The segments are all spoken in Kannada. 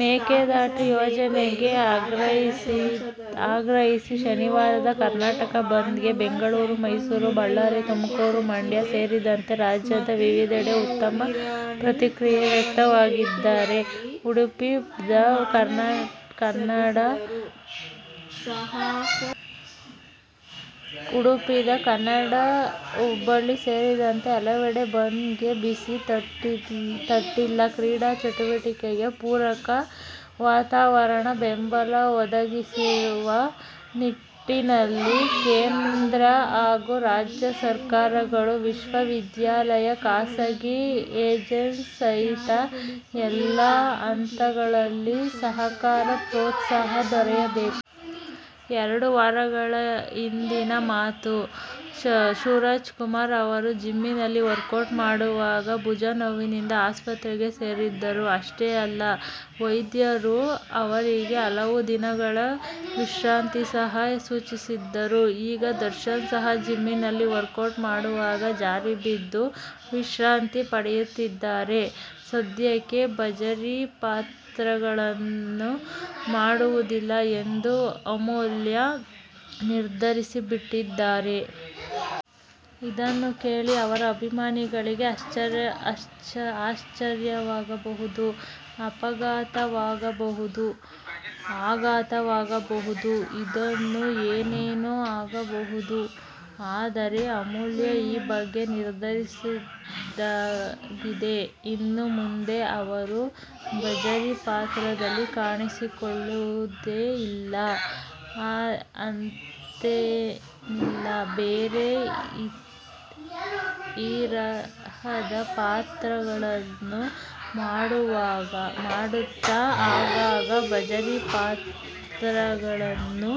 ಮೇಕೆದಾಟು ಯೋಜನೆಗೆ ಆಗ್ರಹಿಸಿ ಶನಿವಾರದ ಕರ್ನಾಟಕ ಬಂದ್ ಗೆ ಬೆಂಗಳೂರು, ಮೈಸೂರು, ಬಳ್ಳಾರಿ, ತುಮಕೂರು, ಮಂಡ್ಯ ಸೇರಿದಂತೆ ರಾಜ್ಯದ ವಿವಿಧೆಡೆ ಉತ್ತಮ ಪ್ರತಿಕ್ರಿಯೆ ವ್ಯಕ್ತವಾಗಿದ್ದರೆ, ಉಡುಪಿ, ದ. ಕನ್ನಡ, ಹುಬ್ಬಳ್ಳಿ ಸೇರಿದಂತೆ ಹಲವೆಡೆ ಬಂದ್ ಬಿಸಿ ತಟ್ಟಿಲ್ಲ. ಕ್ರೀಡಾಚಟುವಟಿಕೆಗೆ ಪೂರಕ ವಾತಾವರಣ, ಬೆಂಬಲ ಒದಗಿಸುವ ನಿಟ್ಟಿನಲ್ಲಿ ಕೇಂದ್ರ ಹಾಗೂ ರಾಜ್ಯ ಸರಕಾರಗಳು, ವಿಶ್ವವಿದ್ಯಾಲಯ, ಖಾಸಗಿ ಏಜೆನ್ಸಿ ಸಹಿತ ಎಲ್ಲಾ ಹಂತಗಳಲ್ಲಿ ಸಹಕಾರ, ಪ್ರೋತ್ಸಾಹ ದೊರೆಯಬೇಕು. ಎರಡು ವಾರಗಳ ಹಿಂದಿನ ಮಾತು. ಶಿವರಾಜಕುಮಾರ್ ಅವರು ಜಿಮ್ನಲ್ಲಿ ವರ್ಕೌಟ್ ಮಾಡುವಾಗ, ಭುಜ ನೋವಿನಿಂದ ಆಸ್ಪತ್ರೆ ಸೇರಿದ್ದರು. ಅಷ್ಟೇ ಅಲ್ಲ, ವೈದ್ಯರು ಅವರಿಗೆ ಹಲವು ದಿನಗಳ ವಿಶ್ರಾಂತಿ ಸಹ ಸೂಚಿಸಿದ್ದರು. ಈಗ ದರ್ಶನ್ ಸಹ ಜಿಮ್ನಲ್ಲಿ ವರ್ಕೌಟ್ ಮಾಡುವಾಗ ಜಾರಿ ಬಿದ್ದು, ವಿಶ್ರಾಂತಿ ಪಡೆಯುತ್ತಿದ್ದಾರೆ. ಸದ್ಯಕ್ಕೆ ಬಜಾರಿ ಪಾತ್ರಗಳನ್ನು ಮಾಡುವುದಿಲ್ಲ ಎಂದು ಅಮೂಲ್ಯ ನಿರ್ಧರಿಸಿಬಿಟ್ಟಿದ್ದಾರೆ. ಇದನ್ನು ಕೇಳಿ ಅವರ ಅಭಿಮಾನಿಗಳಿಗೆ ಆಶ್ಚರ್ಯವಾಗಬಹುದು, ಆಘಾತವಾಗಬಹುದು, ಇನ್ನೂ ಏನೇನೋ ಆಗಬಹುದು. ಆದರೆ, ಅಮೂಲ್ಯ ಈ ಬಗ್ಗೆ ನಿರ್ಧರಿಸಿದ್ದಾಗಿದೆ. ಇನ್ನು ಮುಂದೆ ಅವರು ಬಜಾರಿ ಪಾತ್ರಗಳಲ್ಲಿ ಕಾಣಿಸಿಕೊಳ್ಳುವುದೇ ಇಲ್ಲ ಅಂತೇನಿಲ್ಲ. ಬೇರೆ ತರಹದ ಪಾತ್ರಗಳನ್ನೂ ಮಾಡುತ್ತಾ, ಆಗಾಗ ಬಜಾರಿ ಪಾತ್ರಗಳನ್ನೂ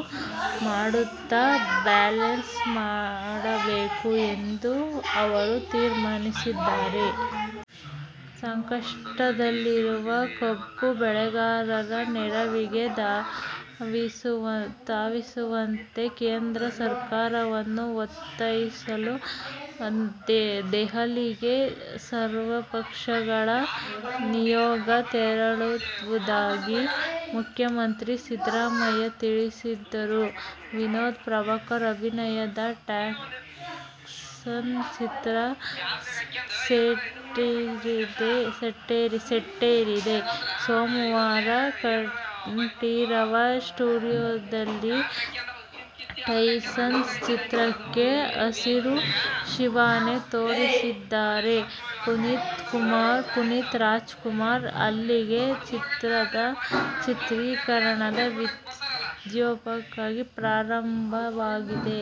ಮಾಡುತ್ತಾ ಬ್ಯಾಲೆನ್ಸ್ ಮಾಡಬೇಕು ಎಂದು ಅವರು ತೀರ್ಮಾನಿಸಿದ್ದಾರೆ. ಸಂಕಷ್ಟದಲ್ಲಿರುವ ಕಬ್ಬು ಬೆಳೆಗಾರರ ನೆರವಿಗೆ ಧಾವಿಸುವಂತೆ ಕೇಂದ್ರ ಸರ್ಕಾರವನ್ನು ಒತ್ತಾಯಿಸಲು ದೆಹಲಿಗೆ ಸರ್ವಪಕ್ಷಗಳ ನಿಯೋಗ ತೆರಳುವುದಾಗಿ ಮುಖ್ಯಮಂತ್ರಿ ಸಿದ್ದರಾಮಯ್ಯ ತಿಳಿಸಿದ್ದಾರೆ. ವಿನೋದ್ ಪ್ರಭಾಕರ್ ಅಭಿನಯದ "ಟೈಸನ್' ಚಿತ್ರ ಸೆಟ್ಟೇರಿದೆ. ಸೋಮವಾರ ಕಂಠೀರವ ಸ್ಟುಡಿಯೋದಲ್ಲಿ "ಟೈಸನ್' ಚಿತ್ರಕ್ಕೆ ಹಸಿರು ನಿಶಾನೆ ತೋರಿಸಿದ್ದಾರೆ ಪುನೀತ್ ರಾಜಕುಮಾರ್. ಅಲ್ಲಿಗೆ ಚಿತ್ರದ ಚಿತ್ರೀಕರಣ ವಿಧ್ಯುಕ್ತವಾಗಿ ಪ್ರಾರಂಭವಾಗಿದೆ.